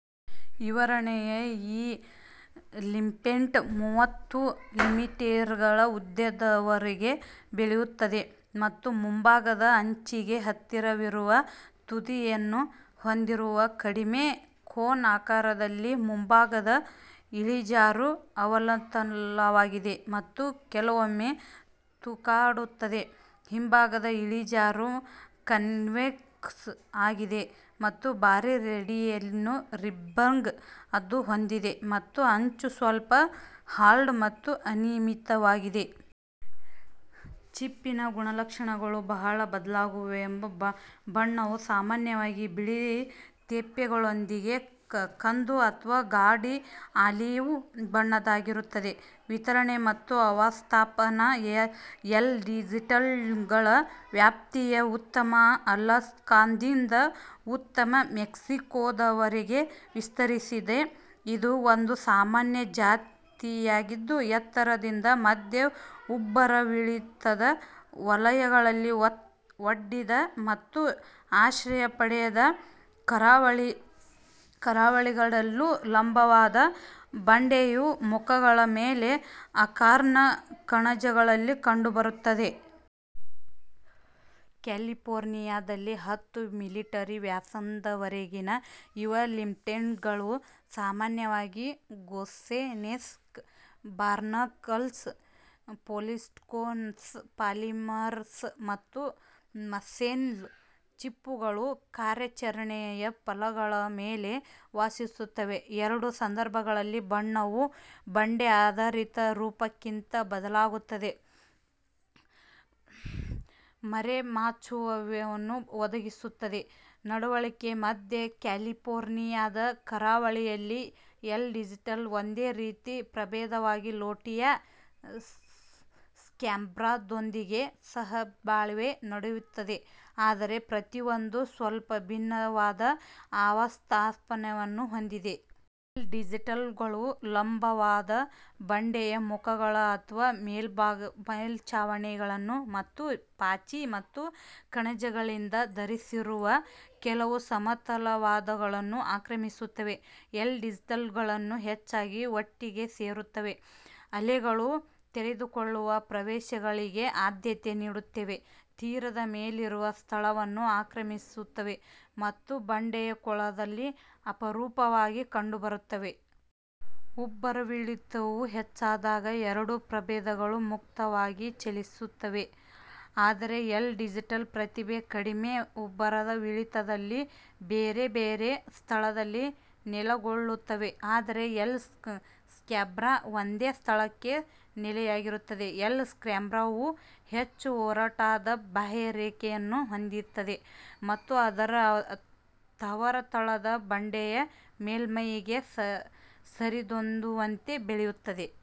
ವಿವರಣೆ ಈ ಲಿಂಪೆಟ್ ಮೂವತ್ತು ಮಿಲಿಮೀಟರ್ ಉದ್ದದವರೆಗೆ ಬೆಳೆಯುತ್ತದೆ ಮತ್ತು ಮುಂಭಾಗದ ಅಂಚಿಗೆ ಹತ್ತಿರವಿರುವ ತುದಿಯನ್ನು ಹೊಂದಿರುವ ಕಡಿಮೆ ಕೋನ್ ಆಕಾರದಲ್ಲಿದೆ. ಮುಂಭಾಗದ ಇಳಿಜಾರು ಅವತಲವಾಗಿದೆ ಮತ್ತು ಕೆಲವೊಮ್ಮೆ ತೂಗಾಡುತ್ತದೆ. ಹಿಂಭಾಗದ ಇಳಿಜಾರು ಕನ್ವೆಕ್ಸ್ ಆಗಿದೆ ಮತ್ತು ಭಾರೀ ರೇಡಿಯಲ್ ರಿಬ್ಬಿಂಗ್ ಅನ್ನು ಹೊಂದಿದೆ ಮತ್ತು ಅಂಚು ಸ್ವಲ್ಪ ಹಾಲ್ಡ್ ಮತ್ತು ಅನಿಯಮಿತವಾಗಿದೆ. ಚಿಪ್ಪಿನ ಗುಣಲಕ್ಷಣಗಳು ಬಹಳ ಬದಲಾಗುತ್ತವೆ. ಬಣ್ಣವು ಸಾಮಾನ್ಯವಾಗಿ ಬಿಳಿ ತೇಪೆಗಳೊಂದಿಗೆ ಕಂದು ಅಥವಾ ಗಾಢ ಆಲಿವ್ ಬಣ್ಣದ್ದಾಗಿರುತ್ತದೆ. ವಿತರಣೆ ಮತ್ತು ಆವಾಸಸ್ಥಾನ ಎಲ್. ಡಿಜಿಟಲ್ಗಳ ವ್ಯಾಪ್ತಿಯು ಉತ್ತರ ಅಲಾಸ್ಕಾದಿಂದ ಉತ್ತರ ಮೆಕ್ಸಿಕೋದವರೆಗೆ ವಿಸ್ತರಿಸಿದೆ. ಇದು ಒಂದು ಸಾಮಾನ್ಯ ಜಾತಿಯಾಗಿದ್ದು, ಎತ್ತರದಿಂದ ಮಧ್ಯ-ಉಬ್ಬರವಿಳಿತದ ವಲಯಗಳಲ್ಲಿ, ಒಡ್ಡಿದ ಮತ್ತು ಆಶ್ರಯ ಪಡೆದ ಕರಾವಳಿಗಳೆರಡರಲ್ಲೂ ಲಂಬವಾದ ಬಂಡೆಯ ಮುಖಗಳ ಮೇಲೆ ಅಕಾರ್ನ್ ಕಣಜಗಳಲ್ಲಿ ಕಂಡುಬರುತ್ತದೆ. ಕ್ಯಾಲಿಫೋರ್ನಿಯಾದಲ್ಲಿ, ಹತ್ತು ಮಿಲಿಮೀಟರ್ ವ್ಯಾಸದವರೆಗಿನ ಯುವ ಲಿಂಪೆಟ್ಗಳು, ಸಾಮಾನ್ಯವಾಗಿ ಗೂಸೆನೆಕ್ ಬಾರ್ನಾಕಲ್ಸ್, ಪೊಲೀಸ್ಕ್ಯೂಸ್ ಪಾಲಿಮರಸ್ ಮತ್ತು ಮಸ್ಸೆಲ್ ಚಿಪ್ಪುಗಳ ಕಾರ್ಯಾಚರಣೆಯ ಫಲಕಗಳ ಮೇಲೆ ವಾಸಿಸುತ್ತವೆ. ಎರಡೂ ಸಂದರ್ಭಗಳಲ್ಲಿ, ಬಣ್ಣವು ಬಂಡೆ-ಆಧಾರಿತ ರೂಪಕ್ಕಿಂತ ಬದಲಾಗುತ್ತದೆ ಮತ್ತು ಮರೆಮಾಚುವಿಕೆಯನ್ನು ಒದಗಿಸುತ್ತದೆ. ನಡವಳಿಕೆ ಮಧ್ಯ ಕ್ಯಾಲಿಫೋರ್ನಿಯಾದ ಕರಾವಳಿಯಲ್ಲಿ, ಎಲ್. ಡಿಜಿಟಲ್ ಒಂದೇ ರೀತಿಯ ಪ್ರಭೇದವಾದ ಲೋಟಿಯಾ ಸ್ಕ್ಯಾಬ್ರಾದೊಂದಿಗೆ ಸಹಬಾಳ್ವೆ ನಡೆಸುತ್ತದೆ, ಆದರೆ ಪ್ರತಿಯೊಂದೂ ಸ್ವಲ್ಪ ವಿಭಿನ್ನವಾದ ಆವಾಸಸ್ಥಾನವನ್ನು ಹೊಂದಿದೆ. ಎಲ್. ಡಿಜಿಟಲ್ಗಳು ಲಂಬವಾದ ಬಂಡೆಯ ಮುಖಗಳು ಅಥವಾ ಮೇಲ್ಛಾವಣಿಗಳನ್ನು ಮತ್ತು ಪಾಚಿ ಮತ್ತು ಕಣಜಗಳಿಂದ ಧರಿಸಿರುವ ಕೆಲವು ಸಮತಲವಾದವುಗಳನ್ನು ಆಕ್ರಮಿಸುತ್ತವೆ. ಎಲ್. ಡಿಜಿಟಲ್ಗಳು ಹೆಚ್ಚಾಗಿ ಒಟ್ಟಿಗೆ ಸೇರುತ್ತವೆ, ಅಲೆಗಳು ತೆರೆದುಕೊಳ್ಳುವ ಪ್ರದೇಶಗಳಿಗೆ ಆದ್ಯತೆ ನೀಡುತ್ತವೆ, ತೀರದ ಮೇಲಿರುವ ಸ್ಥಳಗಳನ್ನು ಆಕ್ರಮಿಸುತ್ತವೆ ಮತ್ತು ಬಂಡೆಯ ಕೊಳಗಳಲ್ಲಿ ಅಪರೂಪವಾಗಿ ಕಂಡುಬರುತ್ತವೆ. ಉಬ್ಬರವಿಳಿತವು ಹೆಚ್ಚಾದಾಗ ಎರಡೂ ಪ್ರಭೇದಗಳು ಮುಕ್ತವಾಗಿ ಚಲಿಸುತ್ತವೆ ಆದರೆ ಎಲ್. ಡಿಜಿಟಲ್ ಪ್ರತಿ ಕಡಿಮೆ ಉಬ್ಬರವಿಳಿತದಲ್ಲಿ ಬೇರೆ ಬೇರೆ ಸ್ಥಳದಲ್ಲಿ ನೆಲೆಗೊಳ್ಳುತ್ತದೆ ಆದರೆ ಎಲ್. ಸ್ಕ್ಯಾಬ್ರಾ ಒಂದೇ ಸ್ಥಳಕ್ಕೆ ನೆಲೆಯಾಗಿರುತ್ತದೆ. ಎಲ್. ಸ್ಕ್ಯಾಬ್ರಾವು ಹೆಚ್ಚು ಒರಟಾದ ಬಾಹ್ಯರೇಖೆಯನ್ನು ಹೊಂದಿದೆ ಮತ್ತು ಅದರ ತವರು ತಳದ ಬಂಡೆಯ ಮೇಲ್ಮೈಗೆ ಸರಿಹೊಂದುವಂತೆ ಬೆಳೆಯುತ್ತದೆ.